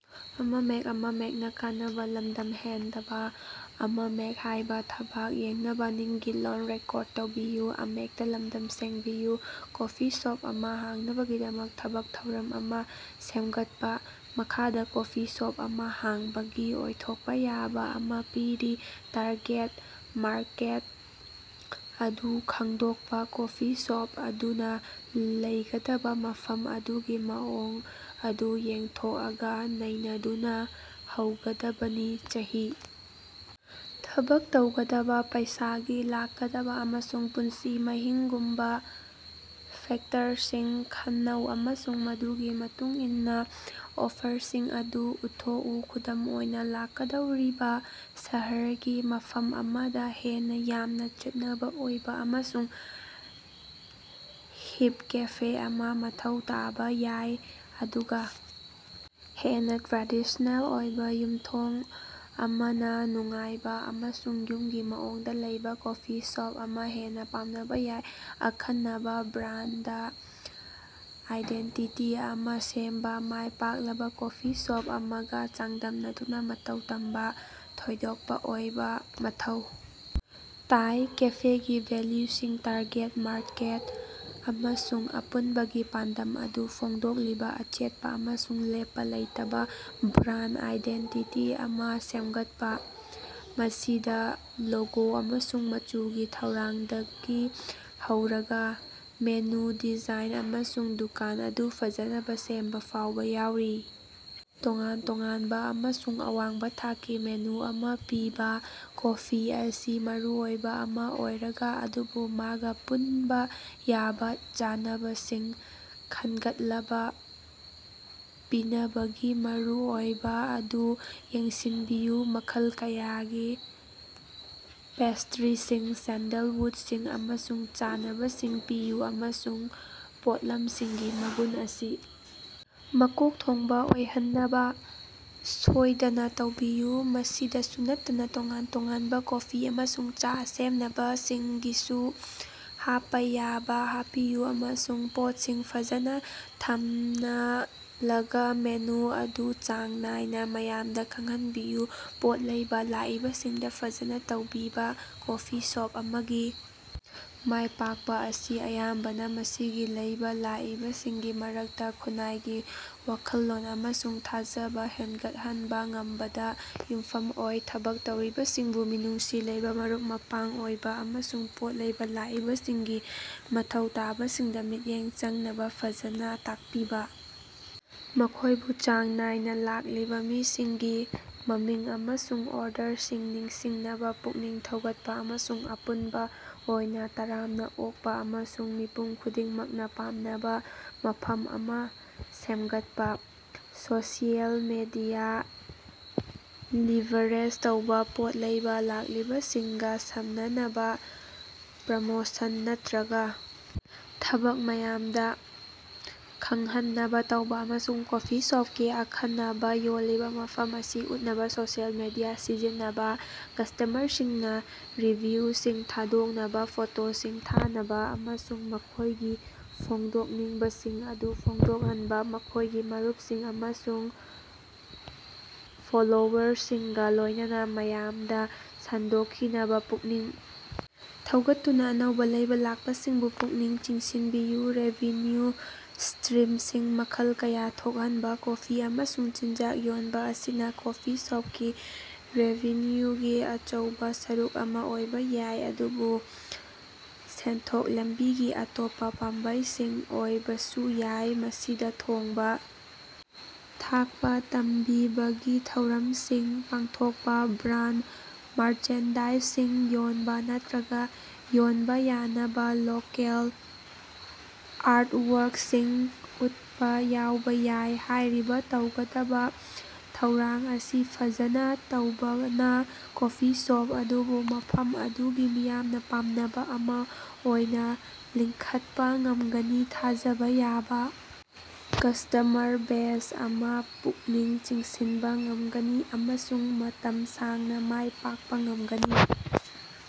Coffee shop ꯑꯃ ꯍꯥꯡꯅꯕꯒꯤꯗꯃꯛ ꯊꯕꯛ ꯊꯧꯔꯝ ꯑꯃ ꯁꯦꯝꯒꯠꯄ꯫ ꯃꯈꯥꯗ ꯀꯣꯐꯤ ꯁꯣꯞ ꯑꯃ ꯍꯥꯡꯕꯒꯤ ꯑꯣꯏꯊꯣꯛꯄ ꯌꯥꯕ ꯑꯃ ꯄꯤꯔꯤ ꯇꯥꯔꯒꯦꯠ ꯃꯥꯔꯀꯦꯠ ꯑꯗꯨ ꯈꯪꯗꯣꯛꯄ ꯀꯣꯐꯤ ꯁꯣꯞ ꯑꯗꯨꯅ ꯂꯩꯒꯗꯕ ꯃꯐꯝ ꯑꯗꯨꯒꯤ ꯃꯑꯣꯡ ꯑꯗꯨ ꯌꯦꯛꯊꯣꯛꯑꯒ ꯅꯩꯅꯗꯨꯅ ꯍꯧꯒꯗꯕꯅꯤ꯫ ꯆꯍꯤ, ꯊꯕꯛ ꯇꯧꯒꯗꯕ, ꯄꯩꯁꯥꯒꯤ ꯂꯥꯛꯀꯗꯕ ꯑꯃꯁꯨꯡ ꯄꯨꯟꯁꯤ ꯃꯍꯤꯡꯒꯨꯝꯕꯥ ꯐꯦꯛꯇꯔꯁꯤꯡ ꯈꯟꯅꯧ ꯑꯃꯁꯨꯡ ꯃꯗꯨꯒꯤ ꯃꯇꯨꯡꯏꯟꯅ ꯑꯣꯐꯔꯁꯤꯡ ꯑꯗꯨ ꯎꯠꯊꯣꯛꯎ꯫ ꯈꯨꯗꯝ ꯑꯣꯏꯅ ꯂꯥꯛꯀꯗꯧꯔꯤꯕꯥ ꯁꯍꯔꯒꯤ ꯃꯐꯝ ꯑꯃꯗ ꯍꯦꯟꯅ ꯌꯥꯝꯅ ꯆꯠꯅꯕ ꯑꯣꯏꯕ ꯑꯃꯁꯨꯡ ꯍꯤꯞ ꯀꯦꯐꯦ ꯑꯃ ꯃꯊꯧ ꯇꯥꯕ ꯌꯥꯏ ꯑꯗꯨꯒ ꯍꯦꯟꯅ ꯇ꯭ꯔꯦꯗꯤꯁꯅꯦꯜ ꯑꯣꯏꯕ ꯌꯨꯝ ꯊꯣꯡ ꯑꯃꯅ ꯅꯨꯡꯉꯥꯏꯕ ꯑꯃꯁꯨꯡ ꯌꯨꯝꯒꯤ ꯃꯑꯣꯡꯗ ꯂꯩꯕꯥ ꯀꯣꯐꯤ ꯁꯣꯞ ꯑꯃ ꯍꯦꯟꯅ ꯄꯥꯝꯅꯕ ꯌꯥꯏ꯫ ꯑꯈꯟꯅꯕ ꯕ꯭ꯔꯥꯟꯗ ꯑꯥꯏꯗꯦꯟꯇꯤꯇꯤ ꯑꯃꯥ ꯁꯦꯝꯕ ꯃꯥꯢ ꯄꯥꯛꯂꯕ ꯀꯣꯐꯤ ꯁꯣꯞ ꯑꯃꯒ ꯆꯥꯡꯗꯝꯅꯗꯨꯅ ꯃꯇꯧ ꯇꯝꯕ ꯊꯣꯏꯗꯣꯛꯄ ꯑꯣꯏꯕꯥ ꯃꯊꯧ ꯇꯥꯏ꯫ ꯀꯦꯐꯦꯒꯤ ꯚꯦꯜꯌꯨꯁꯤꯡ ꯇꯥꯔꯒꯦꯠ ꯃꯥꯔꯀꯦꯠ ꯑꯃꯁꯨꯡ ꯑꯄꯨꯟꯕꯒꯤ ꯄꯥꯟꯗꯝ ꯑꯗꯨ ꯐꯣꯡꯗꯣꯛꯂꯤꯕ ꯑꯆꯦꯠꯄ ꯑꯃꯁꯨꯡ ꯂꯦꯞꯄ ꯂꯩꯇꯕ ꯕ꯭ꯔꯥꯟꯗ ꯑꯥꯏꯗꯦꯟꯇꯤꯇꯤ ꯑꯃ ꯁꯦꯝꯒꯠꯄ꯫ ꯃꯁꯤꯗ ꯂꯣꯒꯣ ꯑꯃꯁꯨꯡ ꯃꯆꯨꯒꯤ ꯊꯧꯔꯥꯡꯗꯒꯤ ꯍꯧꯔꯒꯥ ꯃꯦꯅꯨ ꯗꯤꯖꯥꯏꯟ ꯑꯃꯁꯨꯡ ꯗꯨꯀꯥꯟ ꯑꯗꯨ ꯐꯖꯅꯕ ꯁꯦꯝꯕ ꯐꯥꯎꯕ ꯌꯥꯎꯔꯤ꯫ ꯇꯣꯉꯥꯟ ꯇꯣꯉꯥꯟꯕ ꯑꯃꯁꯨꯡ ꯑꯋꯥꯡꯕ ꯊꯥꯛꯀꯤ ꯃꯦꯅꯨ ꯑꯃ ꯄꯤꯕ꯫ ꯀꯣꯐꯤ ꯑꯁꯤ ꯃꯔꯨꯑꯣꯏꯕ ꯑꯃ ꯑꯣꯏꯔꯒ ꯑꯗꯨꯕꯨ ꯃꯥꯒ ꯄꯨꯟꯕ ꯌꯥꯕ ꯆꯥꯅꯕꯁꯤꯡ ꯈꯟꯒꯠꯂꯕ ꯄꯤꯅꯕꯒꯤ ꯃꯔꯨꯑꯣꯏꯕ ꯑꯗꯨ ꯌꯦꯡꯁꯤꯟꯕꯤꯎ꯫ ꯃꯈꯜ ꯀꯌꯥꯒꯤ ꯄꯦꯁꯇ꯭ꯔꯤꯁꯤꯡ, ꯁꯦꯟꯗꯜꯋꯨꯗꯁꯤꯡ ꯑꯃꯁꯨꯡ ꯆꯥꯅꯕꯁꯤꯡ ꯄꯤꯌꯨ ꯑꯃꯁꯨꯡ ꯄꯣꯠꯂꯝꯁꯤꯡꯒꯤ ꯃꯒꯨꯟ ꯑꯁꯤ ꯃꯀꯣꯛ ꯊꯣꯡꯕ ꯑꯣꯏꯍꯟꯅꯕ ꯁꯣꯏꯗꯅ ꯇꯧꯕꯤꯌꯨ꯫ ꯃꯁꯤꯗꯁꯨ ꯅꯠꯇꯅ ꯇꯣꯉꯥꯟ-ꯇꯣꯉꯥꯟꯕ ꯀꯣꯐꯤ ꯑꯃꯁꯨꯡ ꯆꯥ ꯁꯦꯝꯅꯕꯁꯤꯡꯒꯤꯁꯨ ꯍꯥꯞꯄ ꯌꯥꯕ ꯍꯥꯞꯄꯤꯎ ꯑꯃꯁꯨꯡ ꯄꯣꯠꯁꯤꯡ ꯐꯖꯅ ꯊꯝꯅꯂꯒ ꯃꯦꯅꯨ ꯑꯗꯨ ꯆꯥꯡ ꯅꯥꯏꯅ ꯃꯌꯥꯝꯗ ꯈꯪꯍꯟꯕꯤꯌꯨ꯫ ꯄꯣꯠ ꯂꯩꯕ ꯂꯥꯛꯏꯕꯁꯤꯡꯗ ꯐꯖꯅ ꯇꯧꯕꯤꯕ ꯀꯣꯐꯤ ꯁꯣꯞ ꯑꯃꯒꯤ ꯃꯥꯢ ꯄꯥꯛꯄ ꯑꯁꯤ ꯑꯌꯥꯝꯕꯅ ꯃꯁꯤꯒꯤ ꯂꯩꯕ ꯂꯥꯛꯏꯕꯁꯤꯡꯒꯤ ꯃꯔꯛꯇ ꯈꯨꯟꯅꯥꯏꯒꯤ ꯋꯥꯈꯜꯂꯣꯟ ꯑꯃꯁꯨꯡ ꯊꯥꯖꯕꯥ ꯍꯦꯟꯒꯠꯍꯟꯕ ꯉꯝꯕꯗ ꯌꯨꯝꯐꯝ ꯑꯣꯏ꯫ ꯊꯕꯛ ꯇꯧꯔꯤꯕꯁꯤꯡꯕꯨ ꯃꯤꯅꯨꯡꯁꯤ ꯂꯩꯕꯥ ꯃꯔꯨꯞ-ꯃꯄꯥꯡ ꯑꯣꯏꯕ ꯑꯃꯁꯨꯡ ꯄꯣꯠ ꯂꯩꯕ ꯂꯥꯛꯏꯕꯁꯤꯡꯒꯤ ꯃꯊꯧ ꯇꯥꯕꯁꯤꯡꯗ ꯃꯤꯠꯌꯦꯡ ꯆꯪꯅꯕ ꯐꯖꯅ ꯇꯥꯛꯄꯤꯕ ꯫ ꯃꯈꯣꯢꯕꯨ ꯆꯥꯡ ꯅꯥꯢꯅ ꯂꯥꯛꯂꯤꯕ ꯃꯤꯁꯤꯡꯒꯤ ꯃꯃꯤꯡ ꯑꯃꯁꯨꯡ ꯑꯣꯔꯗꯔꯁꯤꯡ ꯅꯤꯡꯁꯤꯡꯅꯕ ꯄꯨꯛꯅꯤꯡ ꯊꯧꯒꯠꯄ ꯑꯃꯁꯨꯡ ꯑꯄꯨꯟꯕ ꯑꯣꯏꯅ ꯇꯔꯥꯝꯅ ꯑꯣꯛꯄ ꯑꯃꯁꯨꯡ ꯃꯤꯄꯨꯝ ꯈꯨꯗꯤꯡꯃꯛꯅ ꯄꯥꯝꯅꯕ ꯃꯐꯝ ꯑꯃ ꯁꯦꯝꯒꯠꯄꯥ꯫ ꯁꯣꯁꯤꯑꯦꯜ ꯃꯤꯗꯤꯌꯥ ꯂꯤꯚꯔꯔꯦꯖ ꯇꯧꯕꯥ ꯄꯣꯠ ꯂꯩꯕ ꯂꯥꯛꯂꯤꯕꯁꯤꯡꯒ ꯁꯝꯅꯅꯕ ꯄ꯭ꯔꯃꯣꯁꯟ ꯅꯠꯇ꯭ꯔꯒ ꯊꯕꯛ ꯃꯌꯥꯝꯗ ꯈꯪꯍꯟꯅꯕ ꯇꯧꯕ ꯑꯃꯁꯨꯡ ꯀꯣꯐꯤ ꯁꯣꯞꯀꯤ ꯑꯈꯟꯅꯕ ꯌꯣꯟꯂꯤꯕ ꯃꯐꯝ ꯑꯁꯤ ꯎꯠꯅꯕ ꯁꯣꯁꯤꯑꯦꯜ ꯃꯤꯗꯤꯌꯥ ꯁꯤꯖꯤꯟꯅꯕꯥ꯫ ꯀꯁꯇꯃꯔꯁꯤꯡꯅꯥ ꯔꯤꯚꯤꯌꯨꯁꯤꯡ ꯊꯥꯗꯣꯛꯅꯕ ꯐꯣꯇꯣꯁꯤꯡ ꯊꯥꯅꯕ ꯑꯃꯁꯨꯡ ꯃꯈꯣꯢꯒꯤ ꯐꯣꯡꯗꯣꯛꯅꯤꯡꯕꯁꯤꯡ ꯑꯗꯨ ꯐꯣꯡꯗꯣꯛꯍꯟꯕ ꯃꯈꯣꯢꯒꯤ ꯃꯔꯨꯞꯁꯤꯡ ꯑꯃꯁꯨꯡ ꯐꯣꯂꯣꯋꯔꯁꯤꯡꯒ ꯂꯣꯢꯅꯅ ꯃꯌꯥꯝꯗ ꯁꯟꯗꯣꯛꯈꯤꯅꯕ ꯄꯨꯛꯅꯤꯡ ꯊꯧꯒꯠꯇꯨꯅ ꯑꯅꯧꯕ ꯂꯩꯕ ꯂꯥꯛꯄꯁꯤꯡꯕꯨ ꯄꯨꯛꯅꯤꯡ ꯆꯤꯡꯁꯤꯟꯕꯤꯌꯨ꯫ ꯔꯦꯚꯤꯟꯌꯨ ꯁꯇ꯭ꯔꯤꯝꯁꯤꯡ ꯃꯈꯜ ꯀꯌꯥ ꯊꯣꯛꯍꯟꯕ ꯀꯣꯐꯤ ꯑꯃꯁꯨꯡ ꯆꯤꯟꯖꯥꯛ ꯌꯣꯟꯕ ꯑꯁꯤꯅ ꯀꯣꯐꯤ ꯁꯣꯞꯀꯤ ꯔꯦꯚꯤꯟꯌꯨꯒꯤ ꯑꯆꯧꯕꯥ ꯁꯔꯨꯛ ꯑꯃ ꯑꯣꯏꯕ ꯌꯥꯏ ꯑꯗꯨꯕꯨ ꯁꯦꯟꯊꯣꯛ ꯂꯝꯕꯤꯒꯤ ꯑꯇꯣꯞꯄ ꯄꯥꯝꯕꯩꯁꯤꯡ ꯑꯣꯢꯕꯁꯨ ꯌꯥꯢ꯫ ꯃꯁꯤꯗꯥ ꯊꯣꯡꯕ ꯊꯥꯛꯄ ꯇꯝꯕꯤꯕꯒꯤꯊꯧꯔꯝꯁꯤꯡ ꯄꯥꯡꯊꯣꯛꯄ ꯕ꯭ꯔꯥꯟꯗ ꯃꯥꯔꯆꯦꯟꯗꯥꯏꯖꯁꯤꯡ ꯌꯣꯟꯕ ꯅꯠꯇ꯭ꯔꯒ ꯌꯣꯟꯕ ꯌꯥꯅꯕ ꯂꯣꯀꯦꯜ ꯑꯥꯔꯇꯋꯥꯔ꯭ꯀꯁꯤꯡ ꯎꯠꯄ ꯌꯥꯎꯕ ꯌꯥꯏ꯫ ꯍꯥꯏꯔꯤꯕ ꯇꯧꯒꯗꯕ ꯊꯧꯔꯥꯡ ꯑꯁꯤ ꯐꯖꯅ ꯇꯧꯕꯅ ꯀꯣꯐꯤ ꯁꯣꯞ ꯑꯗꯨꯕꯨ ꯃꯐꯝ ꯑꯗꯨꯒꯤ ꯃꯤꯌꯥꯝꯅ ꯄꯥꯝꯅꯕ ꯑꯃ ꯑꯣꯏꯅ ꯂꯤꯡꯈꯠꯄ ꯉꯃꯒꯅꯤ ꯊꯥꯖꯕ ꯌꯥꯕ ꯀꯁꯇꯃꯔ ꯕꯦꯖ ꯑꯃ ꯄꯨꯛꯅꯤꯡ ꯆꯤꯡꯁꯤꯟꯕ ꯉꯝꯒꯅꯤ ꯑꯃꯁꯨꯡ ꯃꯇꯝ ꯁꯥꯡꯅ ꯃꯥꯢ ꯄꯥꯛꯄ ꯉꯝꯒꯅꯤ꯫